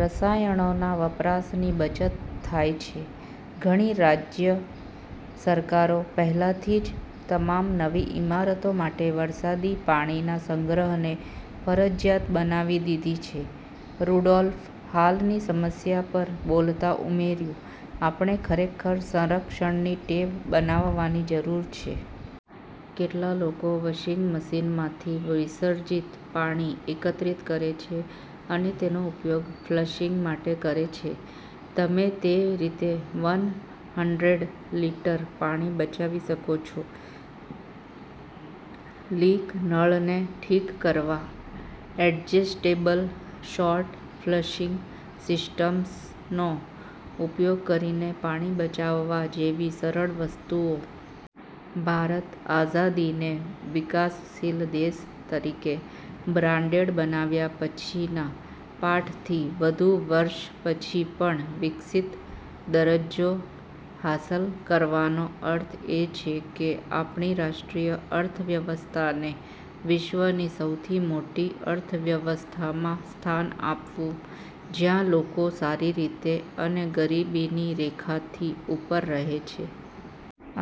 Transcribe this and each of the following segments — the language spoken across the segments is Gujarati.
રસાયણોના વપરાશની બચત થાય છે. ઘણી રાજ્ય સરકારો પહેલાથી જ તમામ નવી ઇમારતો માટે વરસાદી પાણીના સંગ્રહને ફરજિયાત બનાવી દીધી છે. રુડોલ્ફ હાલની સમસ્યા પર બોલતા ઉમેર્યું, આપણે ખરેખર સંરક્ષણની ટેવ બનાવવાની જરૂર છે. કેટલા લોકો વશિંગ મશીનમાંથી વિસર્જિત પાણી એકત્રિત કરે છે અને તેનો ઉપયોગ ફ્લશિંગ માટે કરે છે? તમે તે રીતે વન હંડ્રેડ લિટર પાણી બચાવી શકો છો. લીક નળને ઠીક કરવા, એડજસ્ટેબલ શોર્ટ ફ્લશિંગ સિસ્ટમ્સનો ઉપયોગ કરીને પાણી બચાવવા જેવી સરળ વસ્તુઓ. ભારત, આઝાદીને વિકાસશીલ દેશ તરીકે બ્રાન્ડેડ બનાવ્યા પછીના પાઠથી વધુ વર્ષ પછી પણ. વિકસિત દરજ્જો હાંસલ કરવાનો અર્થ એ છે કે આપણી રાષ્ટ્રીય અર્થવ્યવસ્થાને વિશ્વની સૌથી મોટી અર્થવ્યવસ્થામાં સ્થાન આપવું, જ્યાં લોકો સારી રીતે અને ગરીબીની રેખાથી ઉપર રહે છે.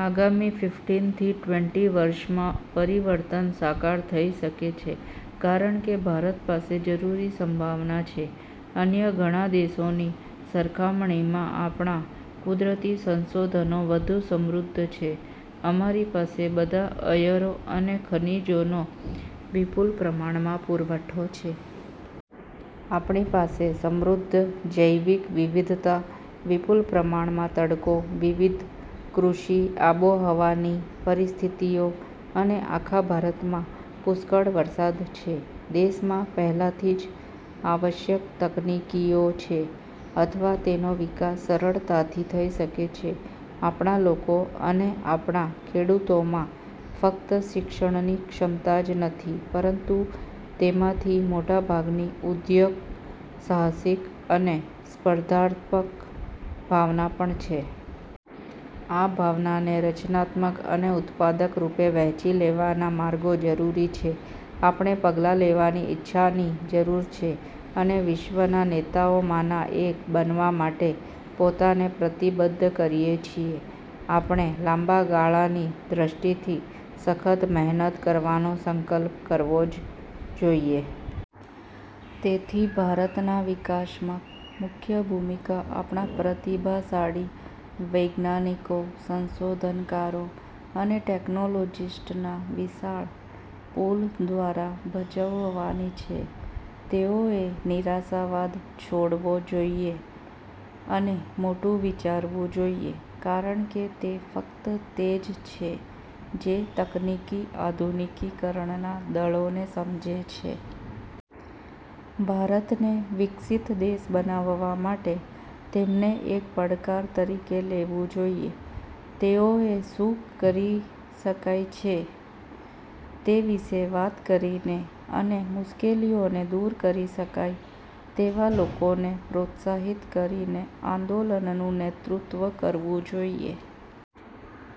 આગામી ફિફટિન થી ટ્વેન્ટી વર્ષમાં પરિવર્તન સાકાર થઈ શકે છે કારણ કે ભારત પાસે જરૂરી સંભાવના છે. અન્ય ઘણા દેશોની સરખામણીમાં આપણા કુદરતી સંસાધનો વધુ સમૃદ્ધ છે. અમારી પાસે બધા અયરો અને ખનિજોનો વિપુલ પ્રમાણમાં પુરવઠો છે. આપણી પાસે સમૃદ્ધ જૈવિક વિવિધતા, વિપુલ પ્રમાણમાં તડકો, વિવિધ કૃષિ-આબોહવાની પરિસ્થિતિઓ અને આખા ભારતમાં પુષ્કળ વરસાદ છે. દેશમાં પહેલાથી જ આવશ્યક તકનીકીઓ છે અથવા તેનો વિકાસ સરળતાથી થઈ શકે છે. આપણા લોકો અને આપણા ખેડુતોમાં ફક્ત શિક્ષણની ક્ષમતા જ નથી પરંતુ તેમાંથી મોટાભાગની ઉદ્યોગસાહસિક અને સ્પર્ધાત્મક ભાવના પણ છે. આ ભાવનાને રચનાત્મક અને ઉત્પાદક રૂપે વહેંચી લેવાના માર્ગો જરૂરી છે. આપણે પગલાં લેવાની ઇચ્છાની જરૂર છે અને વિશ્વના નેતાઓમાંના એક બનવા માટે પોતાને પ્રતિબદ્ધ કરીએ છીએ. આપણે લાંબા ગાળાની દ્રષ્ટિથી સખત મહેનત કરવાનો સંકલ્પ કરવો જ જોઇએ. તેથી, ભારતના વિકાસમાં મુખ્ય ભૂમિકા આપણા પ્રતિભાશાળી વૈજ્. ાનિકો, સંશોધનકારો અને ટેકનોલોજીસ્ટના વિશાળ પૂલ દ્વારા ભજવવાની છે. તેઓએ નિરાશાવાદ છોડવો જોઈએ અને મોટું વિચારવું જોઈએ કારણ કે તે ફક્ત તે જ છે જે તકનીકી આધુનિકીકરણના દળોને સમજે છે. ભારતને વિકસિત દેશ બનાવવા માટે તેમને એક પડકાર તરીકે લેવું જોઈએ. તેઓએ શું કરી શકાય છે તે વિશે વાત કરીને અને મુશ્કેલીઓને દૂર કરી શકાય તેવા લોકોને પ્રોત્સાહિત કરીને આંદોલનનું નેતૃત્વ કરવું જોઈએ.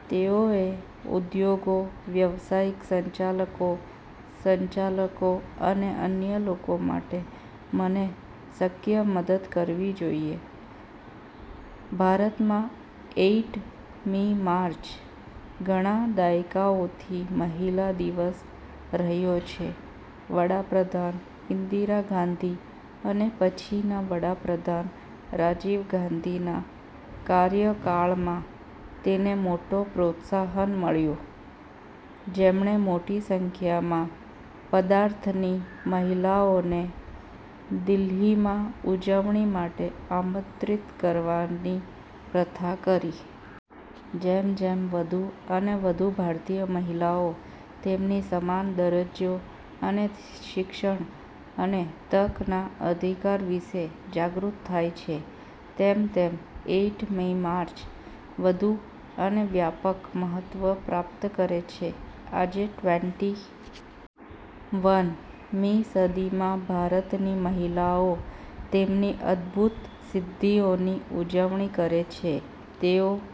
તેઓએ ઉદ્યોગો, વ્યવસાયિક સંચાલકો, સંચાલકો અને અન્ય લોકો માટે મને શક્ય મદદ કરવી જોઈએ. ભારતમાં એઈટ મી માર્ચ ઘણા દાયકાઓથી મહિલા દિવસ રહ્યો છે. વડા પ્રધાન ઈન્દિરા ગાંધી અને પછીના વડા પ્રધાન રાજીવ ગાંધીના કાર્યકાળમાં તેને મોટો પ્રોત્સાહન મળ્યું, જેમણે મોટી સંખ્યામાં 'પદાર્થની મહિલાઓને' દિલ્હીમાં ઉજવણી માટે આમંત્રિત કરવાની પ્રથા કરી. જેમ જેમ વધુ અને વધુ ભારતીય મહિલાઓ તેમની સમાન દરજ્જો અને શિક્ષણ અને તકના અધિકાર વિશે જાગૃત થાય છે, તેમ તેમ એઈટ મી માર્ચ વધુ અને વ્યાપક મહત્વ પ્રાપ્ત કરે છે. આજે, ટ્વેન્ટી વન મી સદીમાં ભારતની મહિલાઓ તેમની અદ્ભુત સિદ્ધિઓની ઉજવણી કરે છે, તેઓ